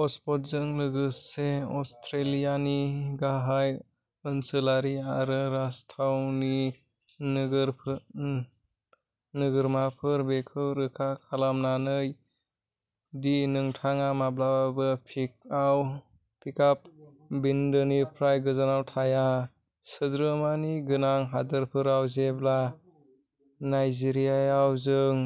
हटस्पटजों लोगोसे अस्ट्रेलियानि गाहाय ओनसोलारि आरो राजथावनि नोगोरमाफोर, बेखौ रोखा खालामनानै दि नोंथाङा माब्लाबाबो पिक आप बिन्दोनिफ्राय गोजानाव थाया। सोदोमस्रि गोनां हादोरफोराव, जेब्ला नाइजेरियायाव जों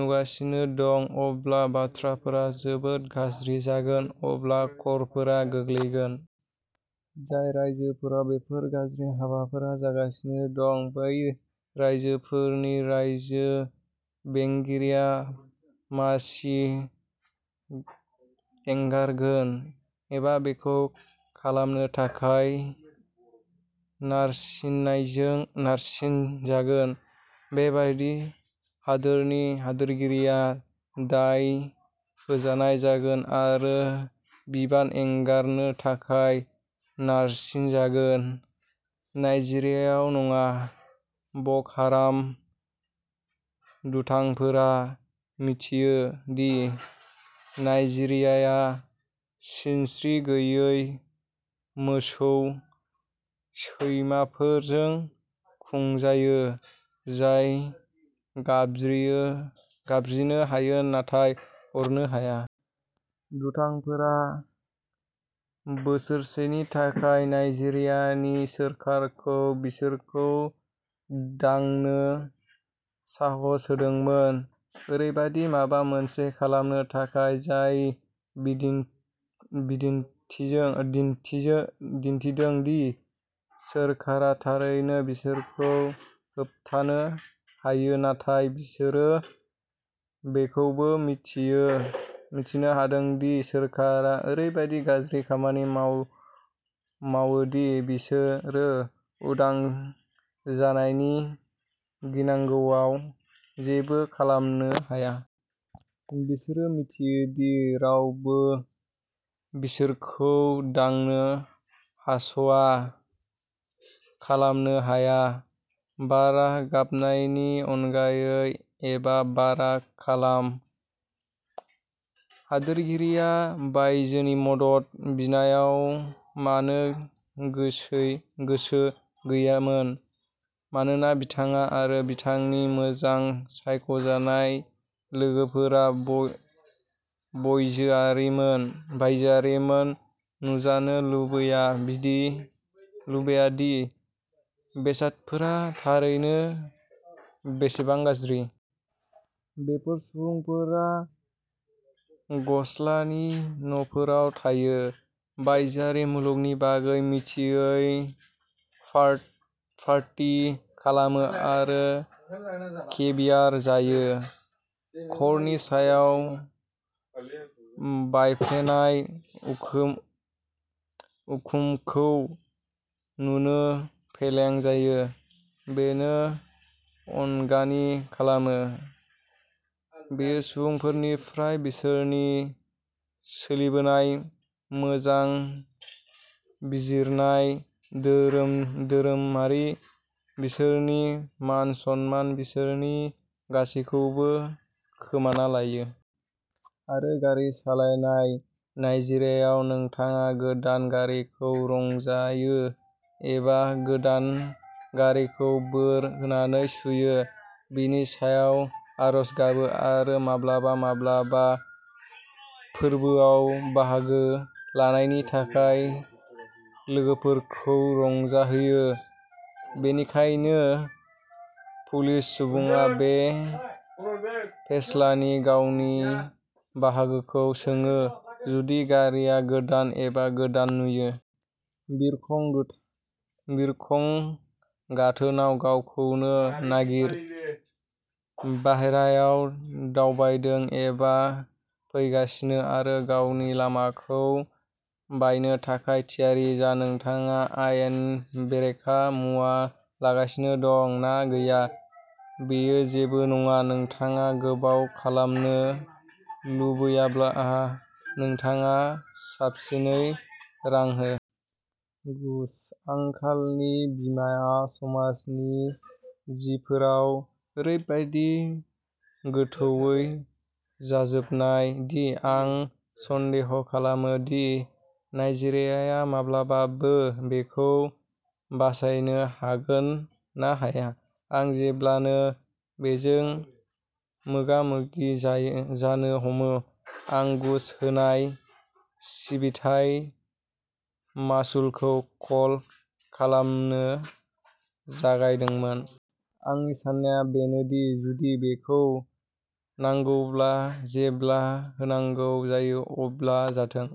नुगासिनो दं, अब्ला बाथ्राफोरा जोबोद गाज्रि जागोन, अब्ला खर'फोरा गोग्लैगोन। जाय रायजोफोराव बेफोर गाज्रि हाबाफोर जागासिनो दं, बै रायजोफोरनि रायजो बेंगिरिया मासि एंगारगोन, एबा बेखौ खालामनो थाखाय नारसिनजागोन। बेबादि हादोरनि हादोरगिरिया दाय होजानाय जागोन आरो बिबान एंगारनो थाखाय नारसिनजागोन। नाइजेरियायाव नङा। ब'क'हाराम दुथांफोरा मिथियो दि नाइजेरियाया सिनस्रि गैयै मोसौ सैमाफोरजों खुंजायो, जाय गाबज्रिनो हायो, नाथाय अरनो हाया। दुथांफोरा बोसोरसेनि थाखाय नाइजेरियानि सोरखारखौ बिसोरखौ दांनो साहस होदों, ओरैबायदि माबा मोनसे खालामनो थाखाय जाय दिन्थिदों दि सोरखारा थारैनो बिसोरखौ होबथानो हायो, नाथाय बिसोरो बेखौबो मिन्थिनो हादों दि सोरखारा ओरैबादि गाज्रि खामानि मावो दि बिसोरो उदां जानायनि गिनांगौआव जेबो खालामनो हाया। बिसोरो मिथियो दि रावबो बिसोरखौ दांनो साहस खालामनो हाया। बारा गाबनायनि अनगायै एबा बारा खालाम। हादोरगिरिया बायजोनि मदद बिनायाव मानो गोसो गैयामोन मानोना बिथाङा आरो बिथांनि मोजां सायख'जानाय लोगोफोरा बायजोआरिफोरखौ नुजानो लुबैया दि बेसादफोरा थारैनो बेसेबां गाज्रि। बेफोर सुबुंफोरा ग्लासनि न'फोराव थायो, बायजोआरि मुलुगनि बागै मिथियै, पार्टि खालामो आरो केभियार जायो। खर'नि सायाव बायफ्लेनाय उखुमखौ नुनो फेलें जायो। बेनो अनागारि खालामो। बेयो सुबुंफोरनिफ्राय बिसोरनि सोलिबोनाय, मोजां बिजिरनाय, धोरोमारि, बिसोरनि मान-सन्मान, बिसोरनि गासैबोखौ खोमाना लायो। आरो गारि सालायनाय। नाइजेरियायाव, नोंथाङा गोदान गारिखौ रंजायो, एबा गोदान गारिखौ बोर होनानै सुयो, बेनि सायाव आरज गाबो, आरो माब्लाबा-माब्लाबा फोरबोआव बाहागो लानायनि थाखाय लोगोफोरखौ रंजाहोयो। बेनिखायनो पुलिस सुबुङा बे फेस्लानि गावनि बाहागोखौ सोङो जुदि गारिआ गोदान, एबा गोदान नुयो। बिरखं गाथोनाव गावखौनो नागिर, बाहेरायाव दावबायदों एबा फैगासिनो, आरो गावनि लामाखौ बायनो थाखाय थियारि जा। नोंथाङा आयेन बेरेखा मुवा लांगासिनो दं ना गैया, बेयो जेबो नङा। नोंथाङा गोबाव खालामनो लुबैयाब्ला, नोंथाङा साबसिनै रां हो। घुस, आंखालनि बिमाआ समाजनि जिफोराव ओरैबादि गोथौवै जाजोबबाय दि आं सन्देह खालामो दि नाइजेरियाया माब्लाबाबो बेखौ बासायनो हागोन ना हाया। आं जेब्लानो बेजों मोगा-मोगि जानो हमो, आं घुस होनाय सिबिथाय मासुलखौ कल खालामनो जागायदोंमोन। आंनि साननाया बेनो दि जुदि बेखौ नांगौब्ला, जेब्ला होनांगौ जायो, अब्ला जाथों।